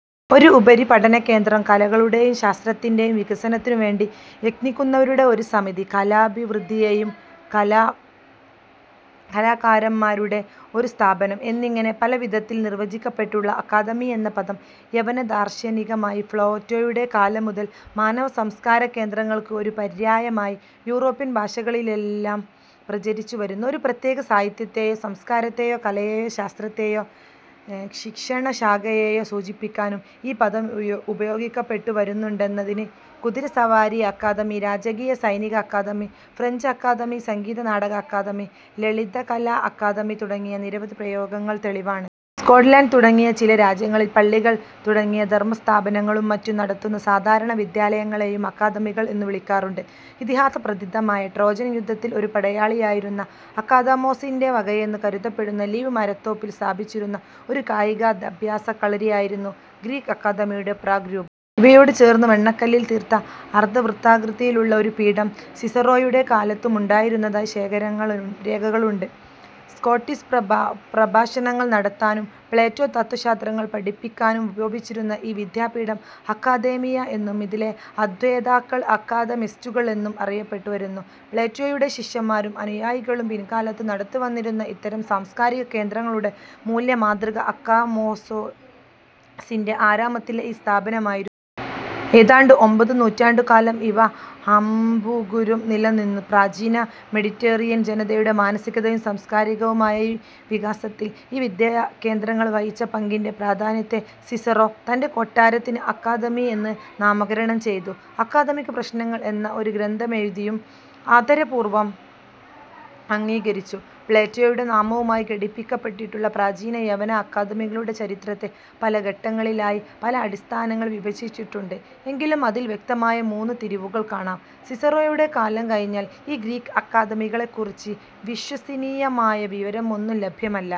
ഒരു ഉപരിപഠനകേന്ദ്രം, കലകളുടെയും ശാസ്ത്രത്തിന്റെയും വികസനത്തിനുവേണ്ടി യത്നിക്കുന്നവരുടെ ഒരു സമിതി, കലാഭിവൃദ്ധിയേയും കലാഭ്യസനത്തേയും ലക്ഷ്യമാക്കി പ്രവർത്തിക്കുന്ന കലാകാരന്മാരുടെ ഒരു സ്ഥാപനം എന്നിങ്ങനെ പല വിധത്തിൽ നിർവചിക്കപ്പെട്ടിട്ടുള്ള അക്കാദമി എന്ന പദം യവനദാർശനികനായ പ്ളേറ്റോയുടെ കാലം മുതൽ മാനവസംസ്കാരകേന്ദ്രങ്ങൾക്ക് ഒരു പര്യായമായി യൂറോപ്യൻ ഭാഷകളിലെല്ലാം പ്രചരിച്ചുവരുന്നു. ഒരു പ്രത്യേക സാഹിത്യത്തെയോ സംസ്കാരത്തെയോ കലയെയോ ശാസ്ത്രത്തെയോ ശിക്ഷണശാഖയെയോ സൂചിപ്പിക്കാനും ഈ പദം ഉപയോഗിക്കപ്പെട്ടുവരുന്നുണ്ടെന്നതിന് കുതിരസവാരി അക്കാദമി, രാജകീയ സൈനിക അക്കാദമി, ഫ്രഞ്ച് അക്കാദമി, സംഗീതനാടക അക്കാദമി, ലളിതകലാ അക്കാദമി തുടങ്ങിയ നിരവധി പ്രയോഗങ്ങൾ തെളിവാണ്. സ്കോട് ലൻഡ് തുടങ്ങിയ ചില രാജ്യങ്ങളിൽ പള്ളികൾ തുടങ്ങിയ ധർമസ്ഥാപനങ്ങളും മറ്റും നടത്തുന്ന സാധാരണ വിദ്യാലയങ്ങളേയും അക്കാദമികൾ എന്നു വിളിക്കാറുണ്ട്. ഇതിഹാസ പ്രസിദ്ധമായ ട്രോജൻ യുദ്ധത്തിൽ ഒരു പടയാളിയായിരുന്ന അക്കാദമോ സിന്റെ വകയെന്ന് കരുതപ്പെടുന്ന ലീവ് മരത്തോപ്പിൽ സ്ഥാപിച്ചിരുന്ന ഒരു കായികാഭ്യാസക്കളരി ആയിരുന്നു ഗ്രീക് അക്കാദമിയുടെ പ്രാഗ് രൂപം. ഇവയോടു ചേർന്ന് വെണ്ണക്കല്ലിൽ തീർത്തിരുന്ന അർധവൃത്താകൃതിയിലുള്ള ഒരു പീഠം സിസറോയുടെ കാലത്തും ഉണ്ടായിരുന്നതായി രേഖകളുണ്ട്. സോക്രട്ടീസ് പ്രഭാഷണങ്ങൾ നടത്താനും പ്ലേറ്റോ തത്ത്വശാസ്ത്രങ്ങൾ പഠിപ്പിക്കാനും ഉപയോഗിച്ചിരുന്ന ഈ വിദ്യാപീഠം അക്കാദെമിയ എന്നും, ഇതിലെ അധ്യേതാക്കൾ അക്കാദെമിസ്റ്റുകൾ എന്നും അറിയപ്പെട്ടുവന്നു. പ്ലേറ്റോയുടെ ശിഷ്യന്മാരും അനുയായികളും പിൽക്കാലത്ത് നടത്തിവന്നിരുന്ന ഇത്തരം സാംസ്കാരിക കേന്ദ്രങ്ങളുടെ മൂലമാതൃക അക്കാദമോസിന്റെ ആരാമത്തിലെ ഈ സ്ഥാപനമായിരുന്നു. ഏതാണ്ട് ഒമ്പതു നൂറ്റാണ്ടുകാലം ഇവ അഭംഗുരം നിലനിന്നു. പ്രാചീന മെഡിറ്ററേനിയൻ ജനതയുടെ മാനസികവും സാംസ്കാരികവുമായ വികാസത്തിൽ ഈ വിദ്യാകേന്ദ്രങ്ങൾ വഹിച്ച പങ്കിന്റെ പ്രാധാന്യത്തെ, സിസറോ തന്റെ കൊട്ടാരത്തിന് അക്കാദമി എന്ന് നാമകരണം ചെയ്തും, അക്കാദമിക് പ്രശ്നങ്ങൾ എന്ന ഒരു ഗ്രന്ഥമെഴുതിയും ആദരപൂർവം അംഗീകരിച്ചു. പ്ലേറ്റോയുടെ നാമവുമായി ഘടിപ്പിക്കപ്പെട്ടിട്ടുള്ള പ്രാചീന യവന അക്കാദമികളുടെ ചരിത്രത്തെ പല ഘട്ടങ്ങളിലായി പല അടിസ്ഥാനങ്ങളിൽ വിഭജിച്ചിട്ടുണ്ട്; എങ്കിലും അതിൽ വ്യക്തമായ മൂന്നു തിരിവുകൾ കാണാം:- സിസറോയുടെ കാലം കഴിഞ്ഞാൽ ഈ ഗ്രീക് അക്കാദമികളെക്കുറിച്ചു വിശ്വസനീയമായ വിവരം ഒന്നും ലഭ്യമല്ല.